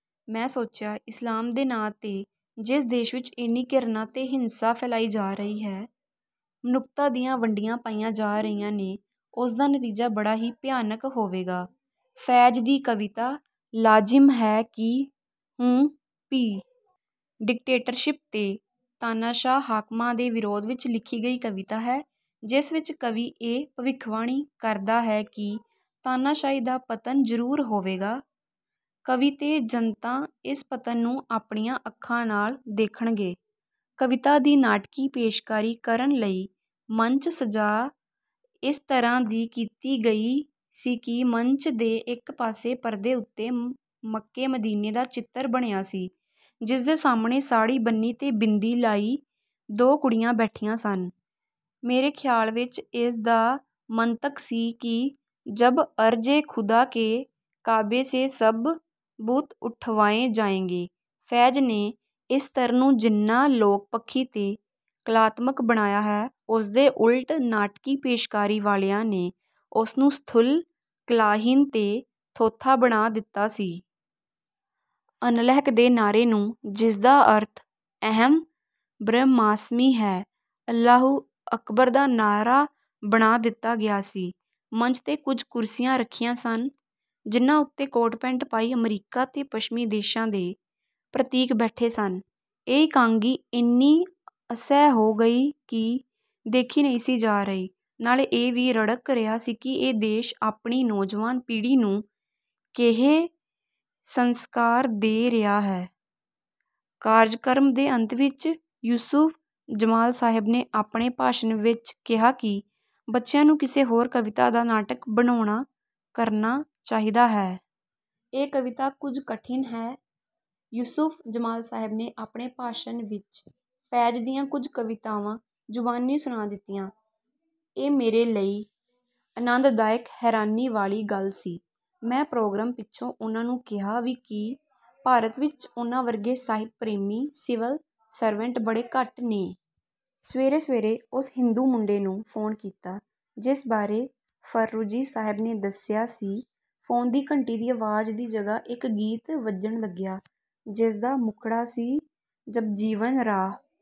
ਮੈਂ ਸੋਚਿਆ, ਇਸਲਾਮ ਦੇ ਨਾਂ ਤੇ ਜਿਸ ਦੇਸ਼ ਵਿੱਚ ਏਨੀ ਘਿਰਣਾ ਤੇ ਹਿੰਸਾ ਫੈਲਾਈ ਜਾ ਰਹੀ ਹੈ, 'ਮਨੁੱਖਤਾ' ਦੀਆਂ ਵੰਡੀਆਂ ਪਾਈਆਂ ਜਾ ਰਹੀਆਂ ਨੇ, ਉਸਦਾ ਨਤੀਜਾ ਬੜਾ ਹੀ ਭਿਆਨਕ ਹੋਵੇਗਾ। 'ਫ਼ੈਜ਼' ਦੀ ਕਵਿਤਾ 'ਲਾਜ਼ਿਮ ਹੈ ਕਿ ਹੂੰ ਭੀ...' ਡਿਕਟੇਟਰਸ਼ਿਪ ਤੇ ਤਾਨਾਸ਼ਾਹ ਹਾਕਮਾਂ ਦੇ ਵਿਰੋਧ ਵਿੱਚ ਲਿਖੀ ਗਈ ਕਵਿਤਾ ਹੈ, ਜਿਸ ਵਿੱਚ ਕਵੀ ਇਹ ਭਵਿੱਖਬਾਣੀ ਕਰਦਾ ਹੈ ਕਿ ਤਾਨਾਸ਼ਾਹੀ ਦਾ ਪਤਨ ਜ਼ਰੂਰ ਹੋਵੇਗਾ। ਕਵੀ ਤੇ ਜਨਤਾ ਇਸ ਪਤਨ ਨੂੰ ਆਪਣੀਆਂ ਅੱਖਾਂ ਨਾਲ ਦੇਖਣਗੇ। ਕਵਿਤਾ ਦੀ ਨਾਟਕੀ ਪੇਸ਼ਕਾਰੀ ਕਰਨ ਲਈ ਮੰਚ-ਸੱਜਾ ਇਸ ਤਰ੍ਹਾਂ ਦੀ ਕੀਤੀ ਗਈ ਸੀ ਕਿ ਮੰਚ ਦੇ ਇੱਕ ਪਾਸੇ ਪਰਦੇ ਉੱਤੇ ਮੱਕੇ-ਮਦੀਨੇ ਦਾ ਚਿੱਤਰ ਬਣਿਆ ਸੀ, ਜਿਸਦੇ ਸਾਹਮਣੇ ਸਾੜ੍ਹੀ ਬੰਨ੍ਹੀ ਤੇ ਬਿੰਦੀ ਲਾਈ ਦੋ ਕੁੜੀਆਂ ਬੈਠੀਆਂ ਸਨ। ਮੇਰੇ ਖ਼ਿਆਲ ਵਿੱਚ ਇਸ ਦਾ ਮੰਤਕ ਸੀ ਕਿ 'ਜਬ ਅਰਜ਼-ਏ-ਖ਼ੁਦਾ ਕੇ ਕਾਬੇ ਸੇ ਸਬ ਬੁਤ ਉਠਵਾਏ ਜਾਏਂਗੇ।' ਫ਼ੈਜ਼ ਨੇ ਇਸ ਸਤਰ ਨੂੰ ਜਿੰਨਾ ਲੋਕ-ਪੱਖੀ ਤੇ ਕਲਾਤਮਕ ਬਣਾਇਆ ਹੈ, ਉਸਦੇ ਉਲਟ ਨਾਟਕੀ ਪੇਸ਼ਕਾਰੀ ਵਾਲਿਆਂ ਨੇ ਉਸਨੂੰ ਸਥੂਲ, ਕਲਾਹੀਣ ਤੇ ਥੋਥਾ ਬਣਾ ਦਿੱਤਾ ਸੀ। 'ਅਨਲਹਕ' ਦੇ ਨਾਅਰੇ ਨੂੰ, ਜਿਸਦਾ ਅਰਥ 'ਅਹਮ ਬ੍ਰਹਮਾਸਮੀ' ਹੈ, 'ਅੱਲਾਹੋ ਅਕਬਰ' ਦਾ ਨਾਅਰਾ ਬਣਾ ਦਿੱਤਾ ਗਿਆ ਸੀ। ਮੰਚ 'ਤੇ ਕੁਝ ਕੁਰਸੀਆਂ ਰੱਖੀਆਂ ਸਨ, ਜਿਨ੍ਹਾਂ ਉੱਤੇ ਕੋਟ-ਪੈਂਟ ਪਾਈ ਅਮਰੀਕਾ ਤੇ ਪੱਛਮੀ ਦੇਸ਼ਾਂ ਦੇ ਪ੍ਰਤੀਕ ਬੈਠੇ ਸਨ। ਇਹ ਇਕਾਂਗੀ ਏਨੀ ਅਸਹਿ ਹੋ ਗਈ ਕਿ ਦੇਖੀ ਨਹੀਂ ਸੀ ਜਾ ਰਹੀ। ਨਾਲੇ ਇਹ ਵੀ ਰੜਕ ਰਿਹਾ ਸੀ ਕਿ ਇਹ ਦੇਸ਼ ਆਪਣੀ ਨੌਜਵਾਨ ਪੀੜ੍ਹੀ ਨੂੰ ਕੇਹੇ ਸੰਸਕਾਰ ਦੇ ਰਿਹਾ ਹੈ? ਕਾਰਜਕ੍ਰਮ ਦੇ ਅੰਤ ਵਿੱਚ ਯੂਸੁਫ ਜਮਾਲ ਸਾਹਿਬ ਨੇ ਆਪਣੇ ਭਾਸ਼ਣ ਵਿੱਚ ਕਿਹਾ ਕਿ ਬੱਚਿਆਂ ਨੂੰ ਕਿਸੇ ਹੋਰ ਕਵਿਤਾ ਦਾ ਨਾਟਕ ਬਣਾਉਣਾ ਕਰਨਾ ਚਾਹੀਦਾ ਹੈ। ਇਹ ਕਵਿਤਾ ਕੁਝ ਕਠਿਨ ਹੈ। ਯੂਸੁਫ ਜਮਾਲ ਸਾਹਿਬ ਨੇ ਆਪਣੇ ਭਾਸ਼ਣ ਵਿੱਚ ਫ਼ੈਜ਼ ਦੀਆਂ ਕੁਝ ਕਵਿਤਾਵਾਂ ਜ਼ੁਬਾਨੀ ਸੁਣਾ ਦਿੱਤੀਆਂ। ਇਹ ਮੇਰੇ ਲਈ ਆਨੰਦਦਾਇਕ ਹੈਰਾਨੀ ਵਾਲੀ ਗੱਲ ਸੀ। ਮੈਂ ਪ੍ਰੋਗਰਾਮ ਪਿੱਛੋਂ ਉਹਨਾਂ ਨੂੰ ਕਿਹਾ ਵੀ ਕਿ ਭਾਰਤ ਵਿੱਚ ਉਹਨਾਂ ਵਰਗੇ ਸਾਹਿਤ-ਪ੍ਰੇਮੀ ਸਿਵਲ ਸਰਵੈਂਟ ਬੜੇ ਘੱਟ ਨੇ। ਸਵੇਰੇ-ਸਵੇਰੇ ਉਸ ਹਿੰਦੂ ਮੁੰਡੇ ਨੂੰ ਫੋਨ ਕੀਤਾ, ਜਿਸ ਬਾਰੇ ਫ਼ਰਰੁਖ਼ੀ ਸਾਹਿਬ ਨੇ ਦੱਸਿਆ ਸੀ। ਫੋਨ ਦੀ ਘੰਟੀ ਦੀ ਆਵਾਜ਼ ਦੀ ਜਗ੍ਹਾ ਇੱਕ ਗੀਤ ਵੱਜਣ ਲੱਗਿਆ, ਜਿਸਦਾ ਮੁਖੜਾ ਸੀ, 'ਜਬ ਜੀਵਨ ਰਾਹ...'